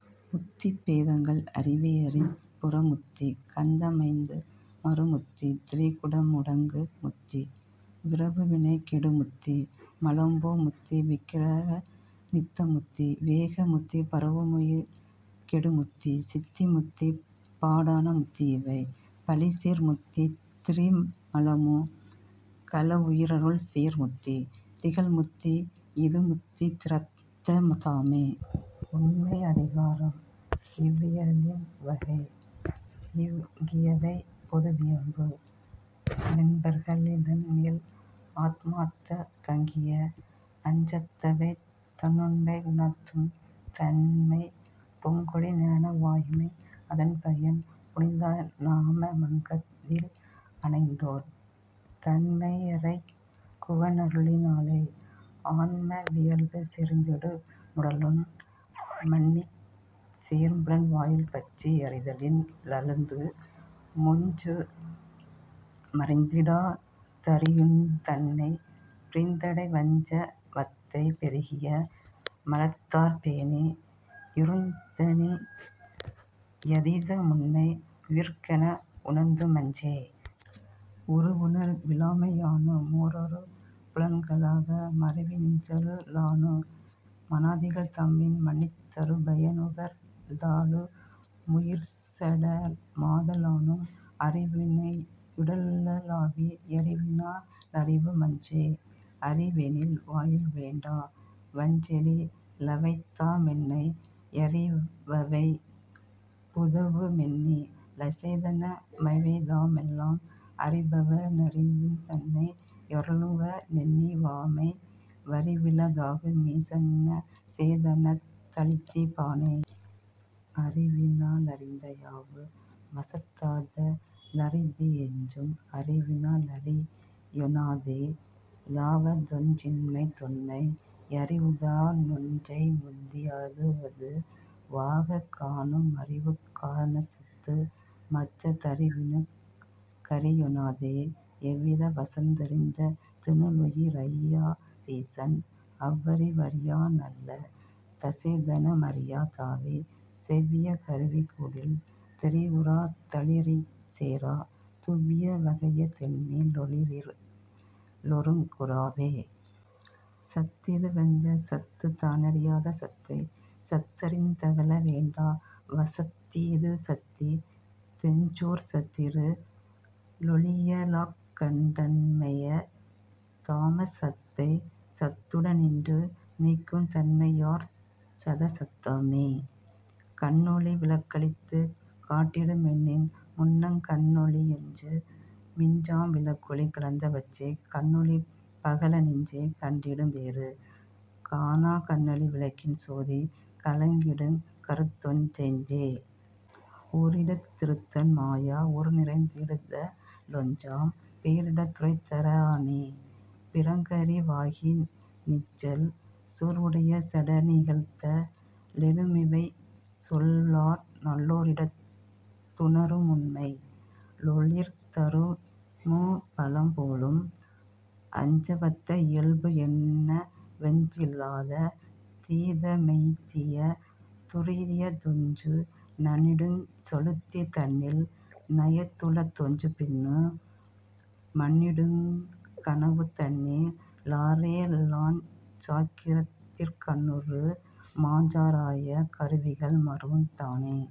முத்தி பேதங்கள் அரிவையரின் புறுமுத்தி கந்த மைந்து மறுமுத்தி திரிகுணமு மடங்கு முத்தி விரவுவினை கெடுமுத்தி மலம்போ முத்தி விக்கிரக நித்தமுத்தி விவேக முத்தி பரவுமுயிர் கெடுமுத்தி சித்தி முத்தி பாடாண முத்தியிவை பழிசேர் முத்தி திரிமலமு மகலவுயி ரருள்சேர் முத்தி திகழ்முத்தி யிதுமுத்தித் திறத்த தாமே. உண்மை அதிகாரம் இவ்வியலின் வகை இங்கியவை பொதுவி யம்பு மென்பர்க ளிதன்மேல் ஆன்மாத் தங்கிய அஞ்சவத்தை தன்னுண்மை உணர்த்துந் தன்மை பொங்கொளி ஞான வாய்மை அதன்பயன் புனித னாம மங்கதில் அணைந்தோர் தன்மை யறைகுவ னருளி னாலே.. ஆன்ம வியல்பு செறிந்திடு முடலுண் மன்னிச் சேர்புலன் வாயில்பற்றி யறிந்ததி லழுந்து மொன்று மறிந்திடா தறியுந்தன்மை பிறிந்தடை வஞ்ச வத்தை பெருகிய மலத்தாற்பேணி யுறுந்தனி யதீத முண்மை யுயிர்க்கென வுணர்த்துமன்றே. உருவுணர் விலாமை யானு மோரொரு புலன்களாக மருவிநின் றறித லானு மனாதிகள் தம்மின் மன்னித் தருபய னுகர்த லானு முயிர்சட மாத லானும் அருவினை யுடலு ளாவி யறிவினா லறியு மன்றே. அறிவெனில் வாயில் வேண்டா வன்றெனி லவைதாமென்னை யறிவவை யுதவு மென்னி லசேதன மவைதாமெல்லாம் அறிபவ னறியுந் தன்மை யருளுவ னென்னி லான்மே வறிவில தாகு மீச னசேதனத் தளித்தி டானே. அறிவினா லறிந்த யாவு மசத்தாத லறிதி யென்றும் அறிவினா லறியொ ணாதே லாவதொன்றின்மை தொன்மை யறி வுதா னொன்றை முந்தி யதுவது வாகக் காணு மறிவுகா ணசத்து மற்ற தறிவினுக் கறியொணாதே. எவ்வறி வசத்த றிந்த தெனிலுயி ரறியா தீசன் அவ்வறி வறியா னல்ல தசேதன மறியா தாவி செவ்விய கருவி கூடில் தெரிவுறா தருளிற் சேரா துவ்விரு வகைய தென்னி லொளியிரு ளொருங்குறாவே. சத்திது வென்ற சத்துத் தானறி யாத சத்தைத் சத்தறிந் தகலவேண்டா வசத்திதுசத்தி தென்றோர் சத்திரு ளொளிய லாக்கண் டன்மைய தாம சத்தைச் சத்துட னின்று நீக்குந் தன்மையாற் சதசத்தாமே. கண்ணொளி விளக்களித்துக் காட்டிடுமென்னின் முன்னங் கண்ணொளி யொன்று மின்றாம் விளக்கொளி கலந்த வற்றைச் கண்ணொளி யகல நின்றே கண்டிடும் வேறு காணாக் கண்ணொளி விளக்கின் சோதி கலந்திடுங் கருத்தொன் றன்றே. ஓரிடத் திருத்தன் மாயா வுருநிறைந் திடுத லொன்றாம் பேரிடத் துறைத றானே பிறங்கறி வாகி நிற்றல் சோர்வுடைச் சடநி கழ்த்த லெனுமிவை சொல்லார் நல்லோ ரோரிடத் துணரு முண்மை யொளிர்தரு முபலம் போலும்.. அஞ்சவத்தை இயல்பு எண்ணவொன் றிலாத தீத மெய்திய துரியத் தொன்று நண்ணிடுஞ் சுழுத்தி தன்னில் நயந்துள தொன்று பின்னு மண்ணிடுங் கனவு தன்னி லாறேழாஞ் சாக்கிரத்திற் கண்ணுறு மஞ்சா றாய கருவிகள் மருவுந் தானே.